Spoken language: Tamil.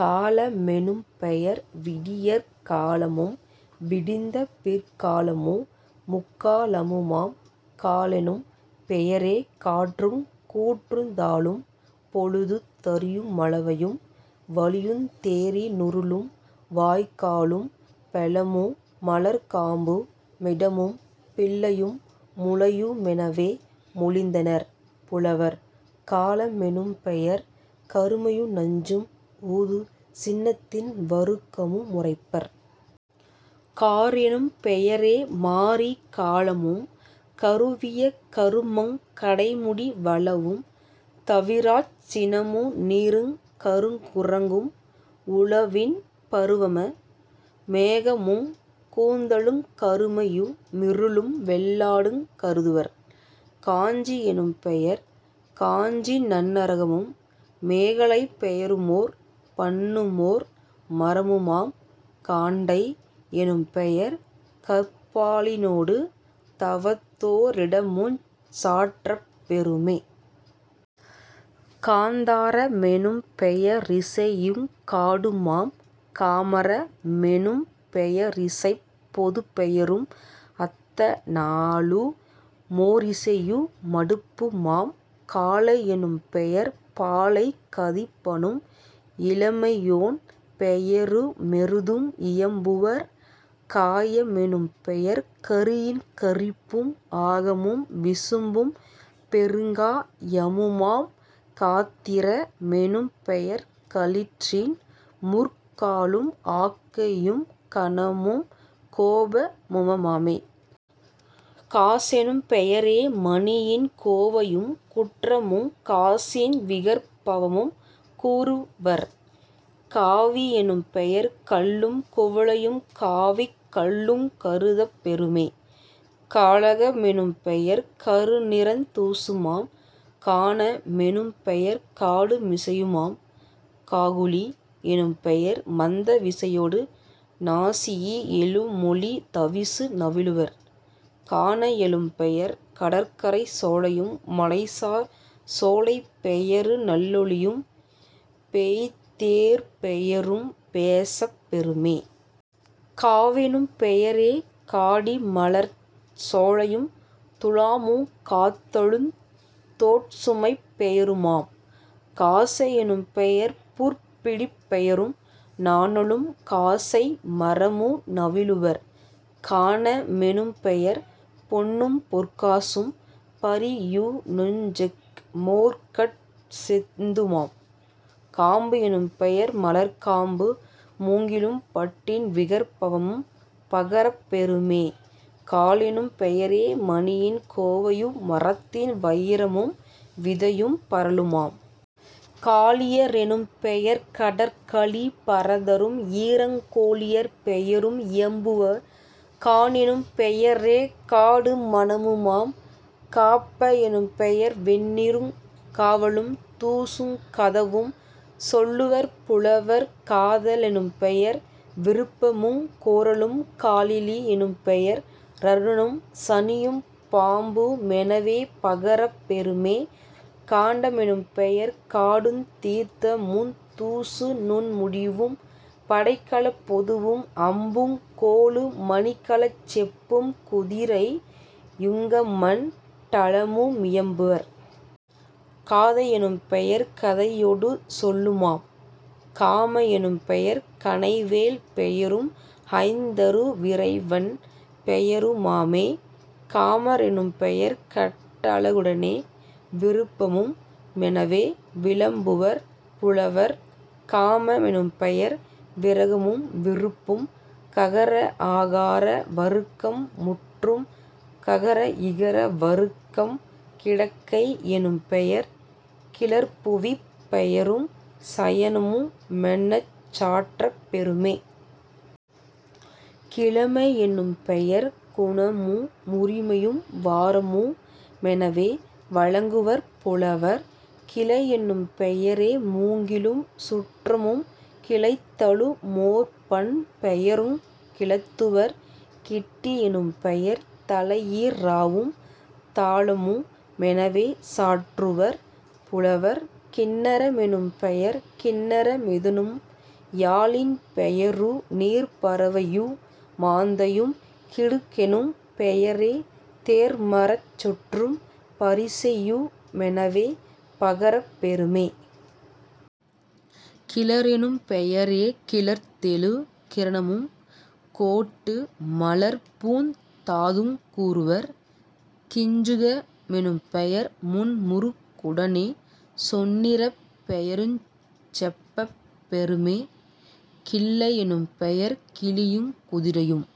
கால மெனும்பெயர் விடியற் காலமும் விடிந்த பிற்காலமு முக்கா லமுமாம்..... காலெனும் பெயரே காற்றுங் கூற்றுந் தாளும் பொழுதுந் தறியு மளவையும் வழியுந் தேரி னுருளும் வாய்க்காலும் பெலமு மலர்க்காம்பு மிடமும் பிள்ளையும் முளையு மெனவே மொழிந்தனர் புலவர்..... காள மெனும்பெயர் கருமையு நஞ்சும் ஊது சின்னத்தின் வருக்கமு முரைப்பர்..... காரெனும் பெயரே மாரிக் காலமும் கறுவிய கருமங் கடைமுடி வளவும் தவிராச் சினமு நீருங் கருங்குரங்கும் உழவின் பருவமு மேகமுங் கூந்தலுங் கருமையு மிருளும் வெள்ளாடுங் கருதுவர்..... காஞ்சி யெனும்பெயர் காஞ்சி நன்னகரமும் மேகலைப் பெயருமோர் பண்ணுமோர் மரமுமாம்.... காண்டை யெனும்பெயர் கற்பா ழியினொடு தவத்தோ ரிடமுஞ் சாற்றப் பெறுமே..... காந்தார மெனும்பெய ரிசையுங் காடுமாம்..... காமர மெனும்பெய ரிசைப் பொதுப்பெயரும் அத்த நாளு மோரிசையு மடுப்புமாம்..... காளை யெனும்பெயர் பாலைக் கதிபனும் இளமையோன் பெயரு மெருதும் இயம்புவர்..... காய மெனும்பெயர் கறியின் கரிப்பும் ஆகமும் விசும்பும் பெருங்கா யமுமாம்..... காத்திர மெனும்பெயர் களிற்றின் முற்காலும் ஆக்கையுங் கனமும் கோப முமாமே..... காசெனும் பெயரே மணியின் கோவையும் குற்றமுங் காசின் விகற்பமும் கூறுவர்..... காவி யெனும்பெயர் கள்ளும் குவளையும் காவிக் கல்லுங் கருதப் பெறுமே..... காழக மெனும்பெயர் கருநிறந் தூசுமாம்..... கான மெனும்பெயர் காடு மிசையுமாம்..... காகுளி யெனும்பெயர் மந்த விசையொடு நாசியி னெழுமொலி தவிசு நவிலுவர்..... கான லெனும்பெயர் கடற்கரைச் சோலையும் மலைசார் சோலைப்பெயரு நல்லொளியும் பேய்த்தேர்ப் பெயரும் பேசப் பெறுமே..... காவெனும் பெயரே காடிமலர்ச் சோலையும் துலாமுங் காத்தலுந் தோட்சுமைப் பெயருமாம்..... காசை யெனும்பெயர் புற்பிடிப் பெயரும் நாணலும் காசை மரமு நவிலுவர்..... காண மெனும்பெயர் பொன்னும் பொற்காசும் பரியூ ணுஞ்செக்கு மோர்கட் செந்துமாம்..... காம்பு எனும்பெயர் மலர்க்காம்பு மூங்கிலும் பட்டின் விகற்பமும் பகரப் பெறுமே..... காழெனும் பெயரே மணியின் கோவையு மரத்தின் வயிரமும் விதையும் பரலுமாம்..... காழிய ரெனும்பெயர் கடற்கழிப் பரதரும் ஈரங் கோலியர் பெயரும் இயம்புவர்..... கானெனும் பெயரே காடு மணமுமாம்..... காப்ப, எனும்பெயர் வெண்ணீருங் காவலும் தூசுங் கதவும் சொல்லுவர் புலவர்..... காத லெனும்பெயர் விருப்பமுங் கோறலும்..... காலிலி யெனும்பெய ரருணனும் சனியும் பாம்பு மெனவே பகரப் பெறுமே..... காண்ட மெனும்பெயர் காடுந் தீர்த்தமுந் தூசு நூன்முடிவும் படைக்கலப் பொதுவும் அம்புங் கோலு மணிகலச் செப்பும் குதிரை யுங்கமண் டலமு மியம்புவர்..... காதை யெனும்பெயர் கதையொடு சொல்லுமாம்..... காம னெனும்பெயர் கணைவேள் பெயரும் ஐந்தரு விறைவன் பெயரு மாமே..... காம ரெனும்பெயர் கட்ட ழகுடனே விருப்பமு மெனவே விளம்புவர் புலவர்..... காம மெனும்பெயர் விரகமும் விருப்பும்..... ககர ஆகார வருக்கம் முற்றும். ககர இகர வருக்கம் கிடக்கை யெனும்பெயர் கிளர்புவிப் பெயரும் சயனமு மென்னச் சாற்றப் பெறுமே..... கிழமை யெனும்பெயர் குணமு முரிமையும் வாரமு மெனவே வழங்குவர் புலவர்..... கிளையெனும் பெயரே மூங்கிலும் சுற்றமும் கிளைத்தலு மோர்பண் பெயருங் கிளத்துவர்..... கிட்டி யெனும்பெயர் தலையீற் றாவும் தாளமு மெனவே சாற்றுவர் புலவர்.....। கின்னர மெனும்பெயர் கின்னர மிதுனமும் யாழின் பெயரு நீர்ப்பறவையு மாந்தையும்..... கிடுகெனும் பெயரே தேர்மரச் சுற்றும் பரிசையு மெனவே பகரப் பெறுமே..... கிளரெனும் பெயரே கிளர்த்தெழு கிரணமும் கோட்டு மலர்ப்பூந் தாதுங் கூறுவர்..... கிஞ்சுக மெனும்பெயர் முண்முருக் குடனே சென்னிறப் பெயருஞ் செப்பப் பெறுமே..... கிள்ளை யெனும்பெயர் கிளியுங் குதிரையும்.